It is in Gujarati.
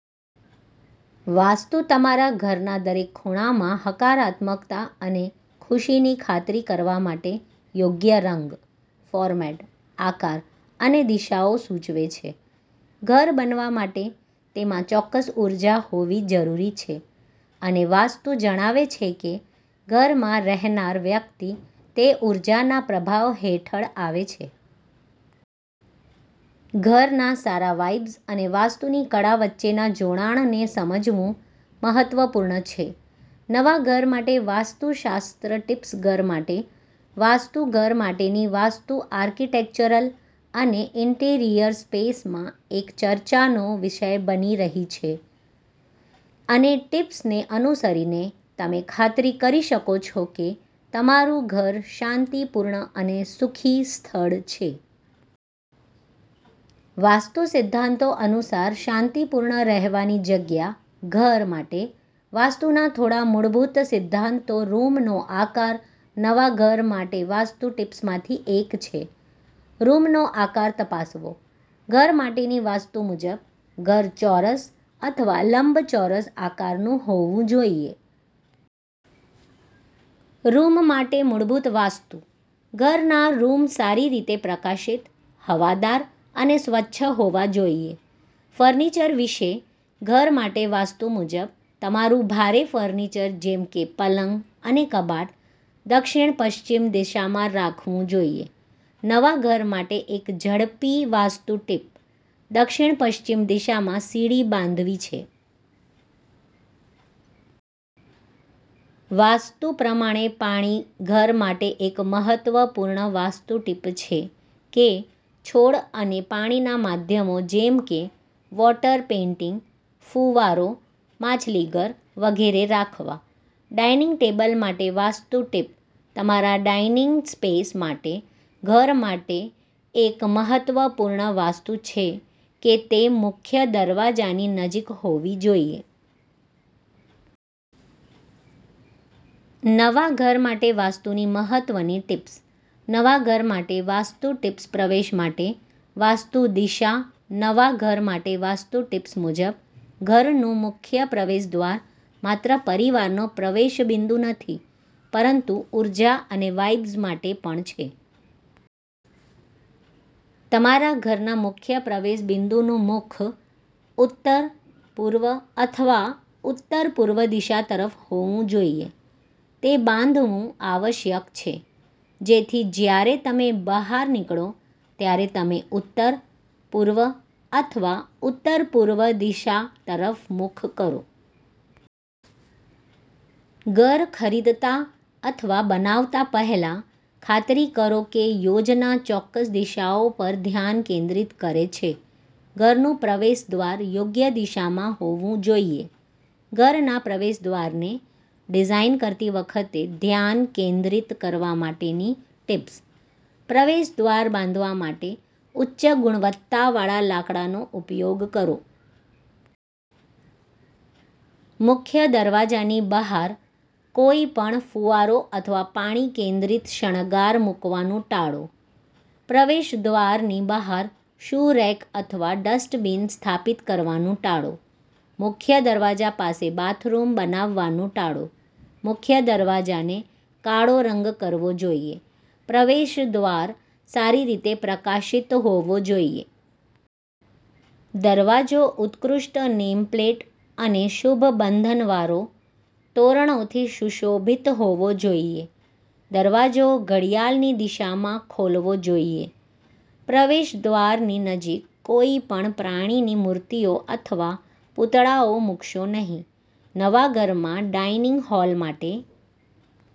વાસ્તુ તમારા ઘરના દરેક ખૂણામાં હકારાત્મકતા અને ખુશીની ખાતરી કરવા માટે યોગ્ય રંગ, ફોર્મેટ, આકાર અને દિશાઓ સૂચવે છે. ઘર બનવા માટે તેમાં ચોક્કસ ઉર્જા હોવી જરૂરી છે અને વાસ્તુ જણાવે છે કે ઘરમાં રહેનાર વ્યક્તિ તે ઉર્જાનાં પ્રભાવ હેઠળ આવે છે. ઘરના સારા વાઇબ્સ અને વાસ્તુની કળા વચ્ચેના જોડાણને સમજવું મહત્વપૂર્ણ છે. નવા ઘર માટે વાસ્તુશાસ્ત્ર ટિપ્સઘર માટે વાસ્તુ ઘર માટેની વાસ્તુ આર્કિટેક્ચરલ અને ઈન્ટિરિયર સ્પેસમાં એક ચર્ચાનો વિષય બની રહી છે અનેટિપ્સને અનુસરીને, તમે ખાતરી કરી શકો છો કે તમારું ઘર શાંતિપૂર્ણ અને સુખી સ્થળ છે. વાસ્તુ સિદ્ધાંતો અનુસાર શાંતિપૂર્ણ રહેવાની જગ્યા ઘર માટે વાસ્તુના થોડા મૂળભૂત સિદ્ધાંતો રૂમનો આકાર નવા ઘર માટે વાસ્તુ ટિપ્સમાંથી એક છે રૂમનો આકાર તપાસવો. ઘર માટેની વાસ્તુ મુજબ ઘર ચોરસ અથવા લંબચોરસ આકારનું હોવું જોઈએ. રૂમ માટે મૂળભૂત વાસ્તુઃ ઘરના રૂમ સારી રીતે પ્રકાશિત, હવાદાર અને સ્વચ્છ હોવા જોઈએ. ફર્નિચર વિશે ઘર માટે વાસ્તુ મુજબ, તમારું ભારે ફર્નિચર જેમ કે પલંગ અને કબાટ દક્ષિણ-પશ્ચિમ દિશામાં રાખવું જોઈએ. નવા ઘર માટે એક ઝડપી વાસ્તુ ટીપ દક્ષિણ-પશ્ચિમ દિશામાં સીડી બાંધવી છે. વાસ્તુ પ્રમાણે પાણીઘર માટે એક મહત્વપૂર્ણ વાસ્તુ ટીપછે કે છોડ અને પાણીના માધ્યમો જેમ કે વોટર પેઈન્ટીંગ, ફુવારો, માછલીઘર વગેરે રાખવા. ડાઇનિંગ ટેબલ માટે વાસ્તુ ટીપતમારા ડાઇનિંગ સ્પેસ માટે ઘર માટે એક મહત્વપૂર્ણ વાસ્તુછે કે તે મુખ્ય દરવાજાની નજીકહોવી જોઈએ. નવા ઘર માટે વાસ્તુની મહત્વની ટિપ્સ. નવા ઘર માટે વાસ્તુ ટિપ્સપ્રવેશ માટે વાસ્તુ દિશા નવા ઘર માટે વાસ્તુ ટિપ્સ મુજબ, ઘરનું મુખ્ય પ્રવેશદ્વારમાત્ર પરિવારનો પ્રવેશ બિંદુનથી, પરંતુ ઊર્જા અને વાઇબ્સ માટે પણ છે. તમારા ઘરના મુખ્ય પ્રવેશ બિંદુનું મુખ ઉત્તર, પૂર્વ અથવા ઉત્તર-પૂર્વ દિશા તરફ હોવું જોઈએ. તે બાંધવું આવશ્યક છે જેથી જ્યારે તમે બહાર નીકળો ત્યારે તમે ઉત્તર, પૂર્વ અથવા ઉત્તરપૂર્વ દિશા તરફ મુખ કરો. ઘર ખરીદતા અથવા બનાવતા પહેલા, ખાતરી કરો કે યોજનાચોક્કસ દિશાઓ પર ધ્યાન કેન્દ્રિત કરે છે. ઘરનું પ્રવેશદ્વાર યોગ્ય દિશામાં હોવું જોઈએ ઘરના પ્રવેશદ્વારને ડિઝાઇન કરતી વખતે ધ્યાન કેન્દ્રિત કરવા માટેની ટીપ્સપ્રવેશદ્વાર બાંધવા માટે ઉચ્ચ ગુણવત્તાવાળા લાકડાનો ઉપયોગ કરો. મુખ્ય દરવાજાની બહાર કોઈપણ ફુવારો અથવા પાણી કેન્દ્રિત શણગાર મૂકવાનું ટાળો. પ્રવેશદ્વારની બહાર શૂ રેક અથવા ડસ્ટબિન સ્થાપિત કરવાનું ટાળો. મુખ્ય દરવાજા પાસે બાથરૂમ બનાવવાનું ટાળો. મુખ્ય દરવાજાને કાળો રંગકરવો જોઈએ. પ્રવેશદ્વાર સારી રીતે પ્રકાશિત હોવો જોઈએ. દરવાજો ઉત્કૃષ્ટ નેમપ્લેટ અને શુભ બંધનવારો, તોરણોથી સુશોભિત હોવો જોઈએ. દરવાજો ઘડિયાળની દિશામાં ખોલવો જોઈએ. પ્રવેશદ્વારની નજીક કોઈપણ પ્રાણીની મૂર્તિઓ અથવા પૂતળાઓ મૂકશો નહીં. નવા ઘરમાં ડાઇનિંગ હોલ માટે